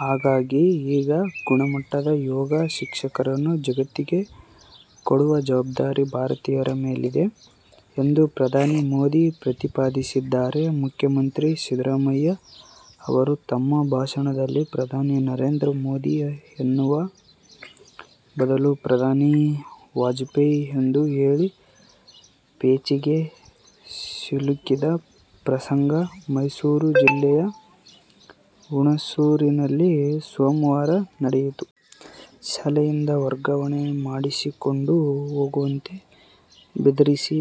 ಹಾಗಾಗಿ ಈಗ ಗುಣಮಟ್ಟದ ಯೋಗ ಶಿಕ್ಷಕರನ್ನು ಜಗತ್ತಿಗೆ ಕೊಡುವ ಜವಾಬ್ದಾರಿ ಭಾರತೀಯರ ಮೇಲಿದೆ ಎಂದು ಪ್ರಧಾನಿ ಮೋದಿ ಪ್ರತಿಪಾದಿಸಿದ್ದಾರೆ. ಮುಖ್ಯಮಂತ್ರಿ ಸಿದ್ದರಾಮಯ್ಯ ಅವರು ತಮ್ಮ ಭಾಷಣದಲ್ಲಿ ಪ್ರಧಾನಿ ನರೇಂದ್ರ ಮೋದಿ ಎನ್ನುವ ಬದಲು ಪ್ರಧಾನಿ ವಾಜಪೇಯಿ ಎಂದು ಹೇಳಿ ಪೇಚಿಗೆ ಸಿಲುಕಿದ ಪ್ರಸಂಗ ಮೈಸೂರು ಜಿಲ್ಲೆಯ ಹುಣಸೂರಿನಲ್ಲಿ ಸೋಮವಾರ ನಡೆಯಿತು. ಶಾಲೆಯಿಂದ ವರ್ಗಾವಣೆ ಮಾಡಿಸಿಕೊಂಡು ಹೋಗುವಂತೆ ಬೆದರಿಸಿ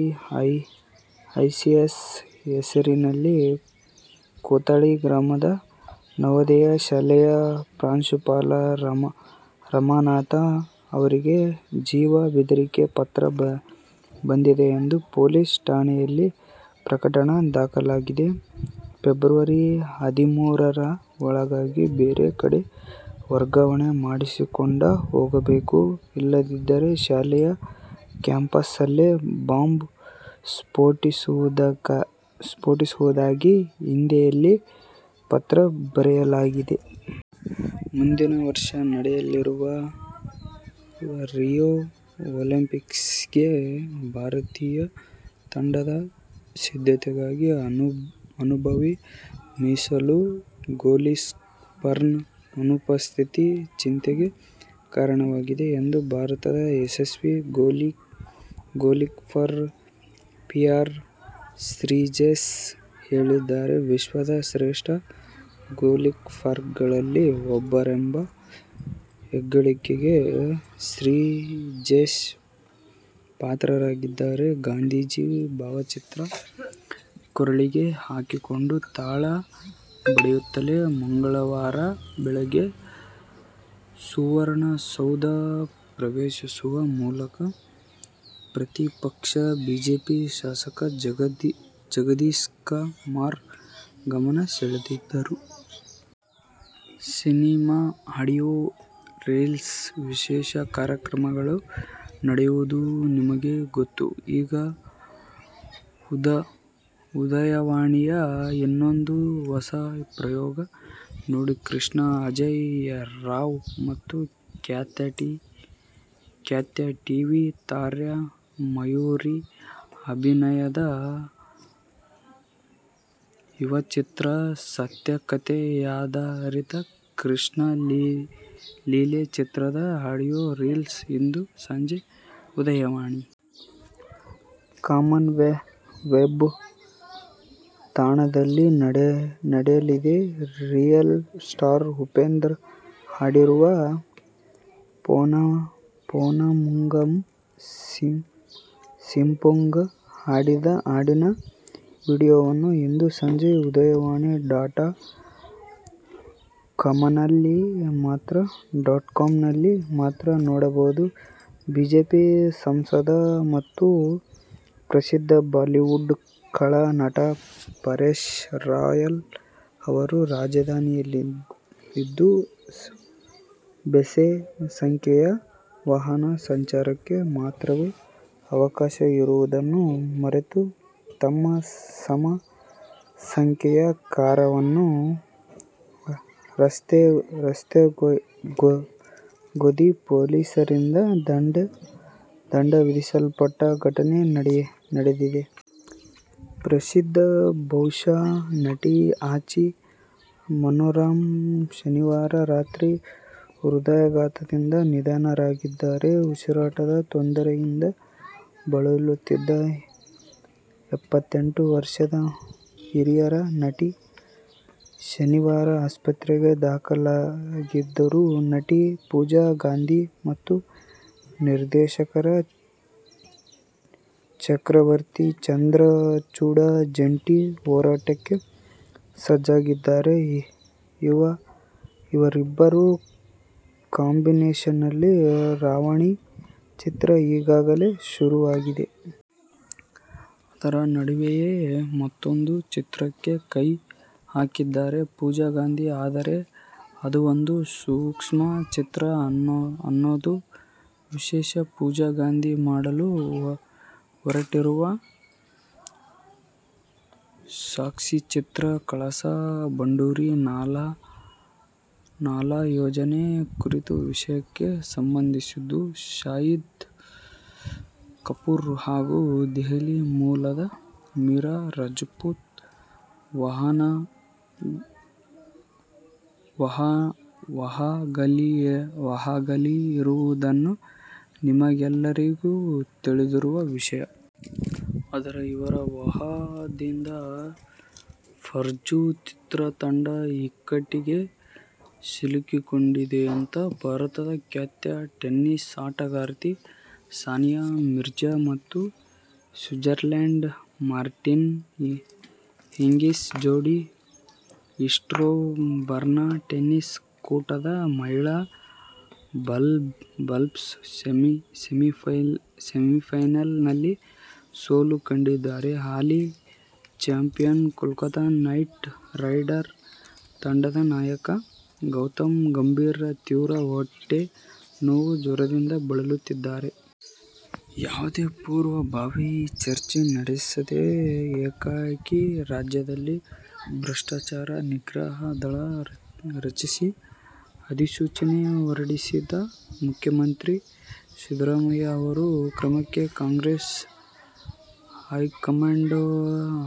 ಐಸಿಸ್ ಹೆಸರಿನಲ್ಲಿ ಕೋಥಳಿ ಗ್ರಾಮದ ನವೋದಯ ಶಾಲೆಯ ಪ್ರಾಂಶುಪಾಲ ರಮನಾಥ ಅವರಿಗೆ ಜೀವ ಬೆದರಿಕೆ ಪತ್ರ ಬಂದಿದೆ ಎಂದು ಪೊಲೀಸ್ ಠಾಣೆಯಲ್ಲಿ ಪ್ರಕರಣ ದಾಖಲಾಗಿದೆ. ಫೆಬ್ರವರಿ ಹದಿಮೂರರ ಒಳಗಾಗಿ ಬೇರೆ ಕಡೆ ವರ್ಗಾವಣೆ ಮಾಡಿಸಿಕೊಂಡು ಹೋಗಬೇಕು, ಇಲ್ಲದಿದ್ದರೆ ಶಾಲೆಯ ಕ್ಯಾಂಪಸ್ದಲ್ಲಿ ಬಾಂಬ್ ಸ್ಫೋಟಿಸುವುದಾಗಿ ಹಿಂದಿಯಲ್ಲಿ ಪತ್ರ ಬರೆಯಲಾಗಿದೆ. ಮುಂದಿನ ವರ್ಷ ನಡೆಯಲಿರುವ ರಿಯೋ ಒಲಿಂಪಿಕ್ಸ್ಗಾಗಿ ಭಾರತೀಯ ತಂಡದ ಸಿದ್ಧತೆಗಾಗಿ ಅನುಭವಿ ಮೀಸಲು ಗೋಲ್ಕೀಪರ್ನ ಅನುಪಸ್ಥಿತಿ ಚಿಂತೆಗೆ ಕಾರಣವಾಗಿದೆ ಎಂದು ಭಾರತದ ಯಶಸ್ವಿ ಗೋಲ್ಕೀಪರ್ ಪಿ ಆರ್ ಶ್ರೀಜೇಶ್ ಹೇಳಿದ್ದಾರೆ. ವಿಶ್ವದ ಶ್ರೇಷ್ಠ ಗೋಲ್ಕೀಪರ್ಗಳಲ್ಲಿ ಒಬ್ಬರೆಂಬ ಹೆಗ್ಗಳಿಕೆಗೆ ಶ್ರೀಜೇಶ್ ಪಾತ್ರರಾಗಿದ್ದಾರೆ. ಗಾಂಧೀಜಿ ಭಾವಚಿತ್ರ ಕೊರಳಿಗೆ ಹಾಕಿಕೊಂಡು ತಾಳ ಬಡಿಯುತ್ತಲೇ ಮಂಗಳವಾರ ಬೆಳಗ್ಗೆ ಸುವರ್ಣಸೌಧ ಪ್ರವೇಶಿಸುವ ಮೂಲಕ ಪ್ರತಿಪಕ್ಷ ಬಿಜೆಪಿ ಶಾಸಕ ಜಗದೀಶ್ಕುಮಾರ್ ಗಮನ ಸೆಳೆದರು. ಸಿನೆಮಾ ಆಡಿಯೋ ರಿಲೀಸ್ಗೆ ವಿಶೇಷ ಕಾರ್ಯಕ್ರಮಗಳು ನಡೆಯುವುದು ನಿಮಗೆ ಗೊತ್ತು. ಈಗ ಉದಯವಾಣಿಯ ಇನ್ನೊಂದು ಹೊಸ ಪ್ರಯೋಗ ನೋಡಿ. ಕೃಷ್ಣ ಅಜೇಯ್ ರಾವ್ ಮತ್ತು ಖ್ಯಾತ ಟಿ. ವಿ. ತಾರೆ ಮಯೂರಿ ಅಭಿನಯದ ಯುವಚಿತ್ರ, ಸತ್ಯಕಥೆಯಾಧಾರಿತ ಕೃಷ್ಣಲೀಲೆ ಚಿತ್ರದ ಆಡಿಯೋ ರಿಲೀಸ್ ಇಂದು ಸಂಜೆ ಉದಯವಾಣಿ. ಕಾಮ್ ವೆಬ್ ತಾಣದಲ್ಲಿ ನಡೆಯಲಿದೆ. ರಿಯಲ್ ಸ್ಟಾರ್ ಉಪೇಂದ್ರ ಹಾಡಿರುವ ಫೋನಮ್ಮುಂಗು ಸಿಮ್ಮಪ್ಪುಂಗು.. ಹಾಡಿನ ವಿಡಿಯೋವನ್ನು ಇಂದು ಸಂಜೆ ಉದಯವಾಣಿ ಡಾಟ್ ಕಾಮ್ನಲ್ಲಿ ಮಾತ್ರ ನೋಡಬಹುದು. ಬಿಜೆಪಿ ಸಂಸದ ಮತ್ತು ಪ್ರಸಿದ್ಧ ಬಾಲಿವುಡ್ ಖಳ ನಟ ಪರೇಶ್ ರಾವಲ್ ಅವರು ರಾಜಧಾನಿಯಲ್ಲಿಂದು ಬೆಸ ಸಂಖ್ಯೆಯ ವಾಹನ ಸಂಚಾರಕ್ಕೆ ಮಾತ್ರವೇ ಅವಕಾಶ ಇರುವುದನ್ನು ಮರೆತು ತಮ್ಮ ಸಮ ಸಂಖ್ಯೆಯ ಕಾರನ್ನು ರಸ್ತೆಗೊಯ್ದು ಪೊಲೀಸರಿಂದ ದಂಡ ವಿಧಿಸಲ್ಪಟ್ಟ ಘಟನೆ ನಡೆದಿದೆ. ಪ್ರಸಿದ್ಧ ಬಹುಭಾಷಾ ನಟಿ ಆಚಿ ಮನೋರಮಾ ಶನಿವಾರ ರಾತ್ರಿ ಹೃದಯಾಘಾತದಿಂದ ನಿಧನರಾಗಿದ್ದಾರೆ. ಉಸಿರಾಟದ ತೊಂದರೆಯಿಂದ ಬಳಲುತ್ತಿದ್ದ ಎಪ್ಪತೆಂಟು ವರ್ಷದ ಹಿರಿಯರ ನಟಿ ಶನಿವಾರ ಆಸ್ಪತ್ರೆಗೆ ದಾಖಲಾಗಿದ್ದರು. ನಟಿ ಪೂಜಾ ಗಾಂಧಿ ಮತ್ತು ನಿರ್ದೇಶಕ ಚಕ್ರವರ್ತಿ ಚಂದ್ರಚೂಡ ಜಂಟಿ ಹೋರಾಟಕ್ಕೆ ಸಜ್ಜಾಗಿದ್ದಾರೆ. ಇವರಿಬ್ಬರ ಕಾಂಬಿನೇಷನ್ನಲ್ಲಿ ರಾವಣಿ ಚಿತ್ರ ಈಗಾಗಲೇ ಶುರುವಾಗಿದೆ. ಅದರ ನಡುವೆಯೇ ಮತ್ತೊಂದು ಚಿತ್ರಕ್ಕೆ ಕೈ ಹಾಕಿದ್ದಾರೆ ಪೂಜಾ ಗಾಂಧಿ. ಆದರೆ, ಅದೊಂದು ಸಾಕ್ಷ್ಯಚಿತ್ರ ಅನ್ನೋದು ವಿಶೇಷ. ಪೂಜಾ ಗಾಂಧಿ ಮಾಡಲು ಹೊರಟಿರುವ ಸಾಕ್ಷ್ಯಚಿತ್ರ ಕಳಸಾ-ಬಂಡೂರಿ ನಾಲಾ ಯೋಜನೆ ಕುರಿತ ವಿಷಯಕ್ಕೆ ಸಂಬಂಧಿಸಿದ್ದು. ಶಾಹಿದ್ ಕಪೂರ್ ಹಾಗೂ ದೆಹಲಿ ಮೂಲದ ಮೀರಾ ರಜಪೂತ್ ವಿವಾಹವಾಗಲಿರುವುದನ್ನು ನಿಮ್ಮೆಗೆಲ್ಲರಿಗೂ ತಿಳಿದಿರುವ ವಿಷಯ. ಆದರೆ ಇವರ ವಿವಾಹದಿಂದ ಫರ್ಝಿ ಚಿತ್ರ ತಂಡ ಇಕ್ಕಟ್ಟಿಗೆ ಸಿಲುಕಿಕೊಂಡಿದೆಯಂತೆ. ಭಾರತದ ಖ್ಯಾತ ಟೆನ್ನಿಸ್ ಆಟಗಾರ್ತಿ ಸಾನಿಯಾ ಮಿರ್ಜಾ ಮತ್ತು ಸ್ವಿಜರ್ಲೆಂಡ್ನ ಮಾರ್ಟಿನಾ ಹಿಂಗಿಸ್ ಜೋಡಿ ಈಸ್ಟ್ಬೋರ್ನ್ ಟೆನ್ನಿಸ್ ಕೂಟದ ಮಹಿಳಾ ಡಬಲ್ಸ್ ಸೆಮಿಫೈನಲ್ನಲ್ಲಿ ಸೋಲು ಕಂಡಿದ್ದಾರೆ. ಹಾಲಿ ಚಾಂಪಿಯನ್ ಕೋಲ್ಕತಾ ನೈಟ್ ರೈಡರ್ ತಂಡದ ನಾಯಕ ಗೌತಮ್ ಗಂಭೀರ್ ತೀವ್ರ ಹೊಟ್ಟೆ ನೋವು ಜ್ವರದಿಂದ ಬಳಲುತ್ತಿದ್ದಾರೆ. ಯಾವುದೇ ಪೂರ್ವಭಾವಿ ಚರ್ಚೆ ನಡೆಸದೆ ಏಕಾಏಕಿ ರಾಜ್ಯದಲ್ಲಿ ಭ್ರಷ್ಟಾಚಾರ ನಿಗ್ರಹ ದಳ ರಚಿಸಿ ಅಧಿಸೂಚನೆ ಹೊರಡಿಸಿದ ಮುಖ್ಯಮಂತ್ರಿ ಸಿದ್ದರಾಮಯ್ಯ ಅವರ ಕ್ರಮಕ್ಕೆ ಕಾಂಗ್ರೆಸ್ ಹೈಕಮಾಂಡ್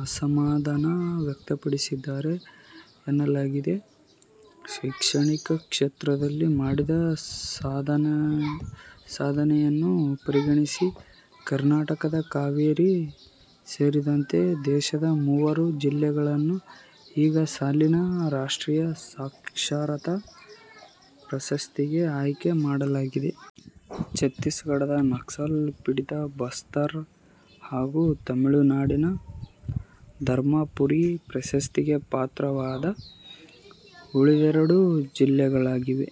ಅಸಮಾಧಾನ ವ್ಯಕ್ತಪಡಿಸಿದೆ ಎನ್ನಲಾಗಿದೆ. ಶೈಕ್ಷಣಿಕ ಕ್ಷೇತ್ರದಲ್ಲಿ ಮಾಡಿದ ಸಾಧನೆಯನ್ನು ಪರಿಗಣಿಸಿ ಕರ್ನಾಟಕದ ಹಾವೇರಿ ಸೇರಿದಂತೆ ದೇಶದ ಮೂರು ಜಿಲ್ಲೆಗಳನ್ನು ಈ ಸಾಲಿನ ರಾಷ್ಟ್ರೀಯ ಸಾಕ್ಷರತಾ ಪ್ರಶಸ್ತಿಗೆ ಆಯ್ಕೆ ಮಾಡಲಾಗಿದೆ. ಛತ್ತೀಸ್ಗಢದ ನಕ್ಸಲ್ ಪೀಡಿತ ಬಸ್ತರ್ ಹಾಗೂ ತಮಿಳುನಾಡಿನ ಧರ್ಮಪುರಿ ಪ್ರಶಸ್ತಿಗೆ ಪಾತ್ರವಾದ ಉಳಿದೆರಡು ಜಿಲ್ಲೆಗಳಾಗಿವೆ.